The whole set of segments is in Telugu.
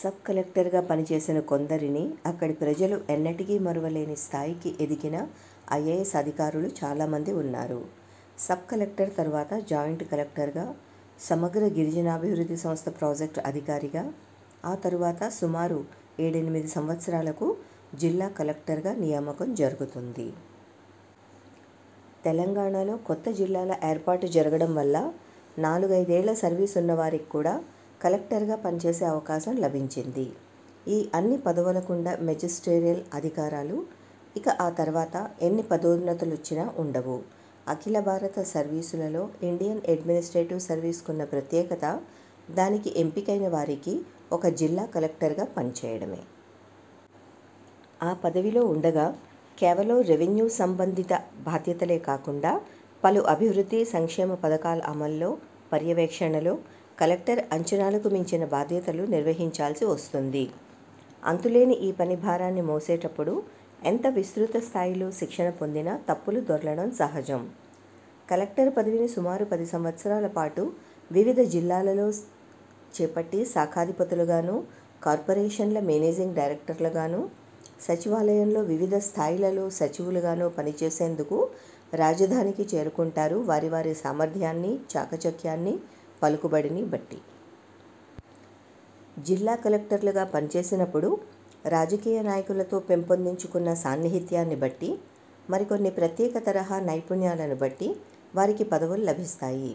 సబ్ కలెక్టర్గా పనిచేసిన కొందరిని, అక్కడి ప్రజలు ఎన్నటికీ మరువలేని స్థాయికి ఎదిగిన ఐఏఎస్ అధికారులు చాలా మంది వున్నారు. సబ్- కలెక్టర్ తరువాత జాయింట్ కలెక్టర్గా, సమగ్ర గిరిజనాభివృద్ధి సంస్థ ప్రాజెక్టు అధికారిగా, అ తరువాత సుమారు ఏడెనిమిది సంవత్సరాలకు జిల్లా కలెక్టర్గా నియామకం జరుగుతుంది. తెలంగాణలో కొత్త జిల్లాల ఏర్పాటు జరగడం వల్ల, నాలుగైదు ఏళ్ల సర్వీసున్న వారికి కూడా కలెక్టర్గా పనిచేసే అవకాశం లభించింది. ఈ అన్ని పదవుల కుండే మెజిస్టీరియల్ అధికారాలు, ఇక ఆ తర్వాత, ఎన్ని పదోన్నతులొచ్చినా వుండవు. అఖిలభారత సర్వీసులలో ఇండియన్ అడ్మినిస్ట్రేటివ్ సర్వీసుకున్న ప్రత్యేకత, దానికి ఎంపికైన వారికి ఒక ''జిల్లా కలెక్టర్''గా పనిచేయడమే! ఆ పదవిలో వుండగా, కేవలం రెవెన్యూ సంబంధిత బాధ్యతలే కాకుండా, పలు అభివృద్ధి–సంక్షేమ పథకాల అమలులో, పర్యవేక్షణలో, కలెక్టర్ అంచనాలకు మించిన బాధ్యతలు నిర్వహించాల్సి వస్తుంది. అంతులేని ఈ పని భారాన్ని మోసేటప్పుడు, ఎంత విస్తృత స్థాయిలో శిక్షణ పొందినా తప్పులు దొర్లడం సహజం. కలెక్టర్ పదవిని సుమారు పది సంవత్సరాల పాటు, వివిధ జిల్లాలలో చేపట్టి శాఖాధిపతులుగానో, కార్పొరేషన్ల మేనేజింగ్ డైరెక్టర్లుగానో, సచివాలయంలో వివిధ స్థాయిలలో సచివులుగానో పనిచేసేందుకు రాజధానికి చేరుకుంటారు వారి-వారి సామర్థ్యాన్ని, చాకచక్యాన్ని, పలుకుబడిని బట్టి. జిల్లా కలెక్టర్లుగా పనిచేసినప్పుడు రాజకీయ నాయకులతో పెంపొందించుకున్న సాన్నిహిత్యాన్ని బట్టి, మరికొన్ని ప్రత్యేక తరహా నైపుణ్యాలను బట్టి వారికి పదవులు లభిస్తాయి.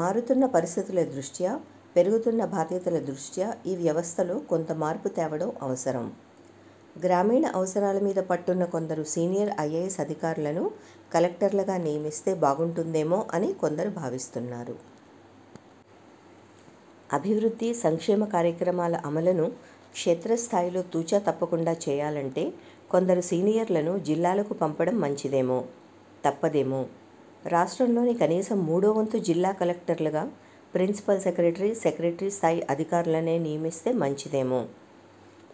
మారుతున్న పరిస్థితుల దృష్ట్యా పెరుగుతున్న బాధ్యతల దృష్ట్యా, ఈ వ్యవస్థలో కొంత మార్పు తేవడం అవసరం. గ్రామీణ అవసరాల మీద పట్టున్న కొందరు సీనియర్ ఐఏఎస్ అధికారులను కలెక్టర్లుగా నియమిస్తే బాగుంటుందేమో అని కొందరు భావిస్తున్నారు. అభివృద్ధి, సంక్షేమ కార్యక్రమాల అమలును క్షేత్రస్థాయిలో తుచ తప్పకుండా చేయాలంటే కొందరు సీనియర్లను జిల్లాలకు పంపడం మంచిదేమో! తప్పదేమో! రాష్ట్రంలోని కనీసం మూడోవంతు జిల్లా కలెక్టర్లుగా ప్రిన్సిపల్ సెక్రటరీ, సెక్రటరీ స్థాయి అధికారులనే నియమిస్తే మంచిదేమో!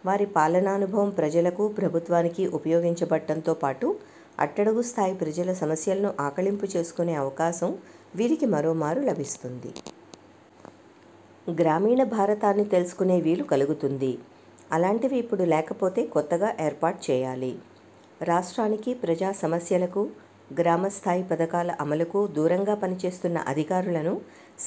వారి పాలనానుభువం ప్రజలకు, ప్రభుత్వానికి ఉపయోగించబడటంతో పాటు అట్టడుగు స్థాయి ప్రజల సమస్యలను ఆకళింపు చేసుకొనే అవకాశం వీరికి మరో మారు లభిస్తుంది. గ్రామీణ భారతాన్ని తెలుసుకునే వీలు కలుగుతుంది. అలాంటివి ఇప్పుడు లేకపోతే కొత్తగా ఏర్పాటు చేయాలి. రాష్ట్రానికి, ప్రజా సమస్యలకు, గ్రామస్థాయి పథకాల అమలుకు దూరంగా పనిచేస్తున్న అధికారులను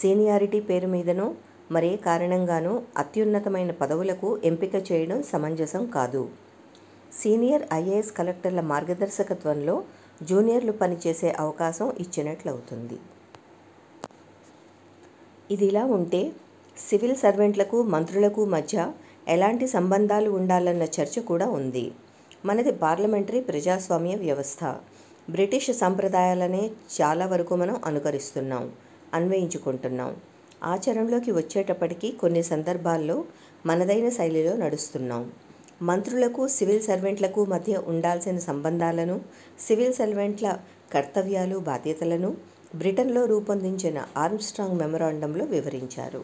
సీనియారిటీ పేరుమీదనో, 'మరే కారణంగానో' అత్యున్నతమైన పదవులకు ఎంపిక చేయడం సమంజసం కాదు. సీనియర్ ఐఏఎస్ కలెక్టర్ల మార్గదర్శకత్వంలో జూనియర్లు పనిచేసే అవకాశం ఇచ్సినట్లవుతుంది. ఇదిలా వుంటే, సివిల్ సర్వెంట్లకు– మంత్రులకు మధ్య ఎలాంటి సంబంధాలు ఉండాలన్న చర్చ కూడా వుంది. మనది పార్లమెంటరీ ప్రజాస్వామ్య వ్యవస్థ. బ్రిటిష్ సంప్రదాయాలనే చాలావరకు మనం అనుకరిస్తున్నాం, అన్వయించుకుంటున్నాం. ఆచరణలోకి వచ్చేటప్పటికి, కొన్ని సందర్భాల్లో మనదైన శైలిలో నడుస్తున్నాం. మంత్రులకూ– సివిల్ సర్వెంట్లకు మధ్య ఉండాల్సిన సంబంధాలను, సివిల్ సర్వెంట్ల కర్తవ్యాలు–బాధ్యతలను, బ్రిటన్లో రూపొందించిన ''ఆర్మ్ స్ట్రాంగ్ మెమొరాండం''లో వివరించారు.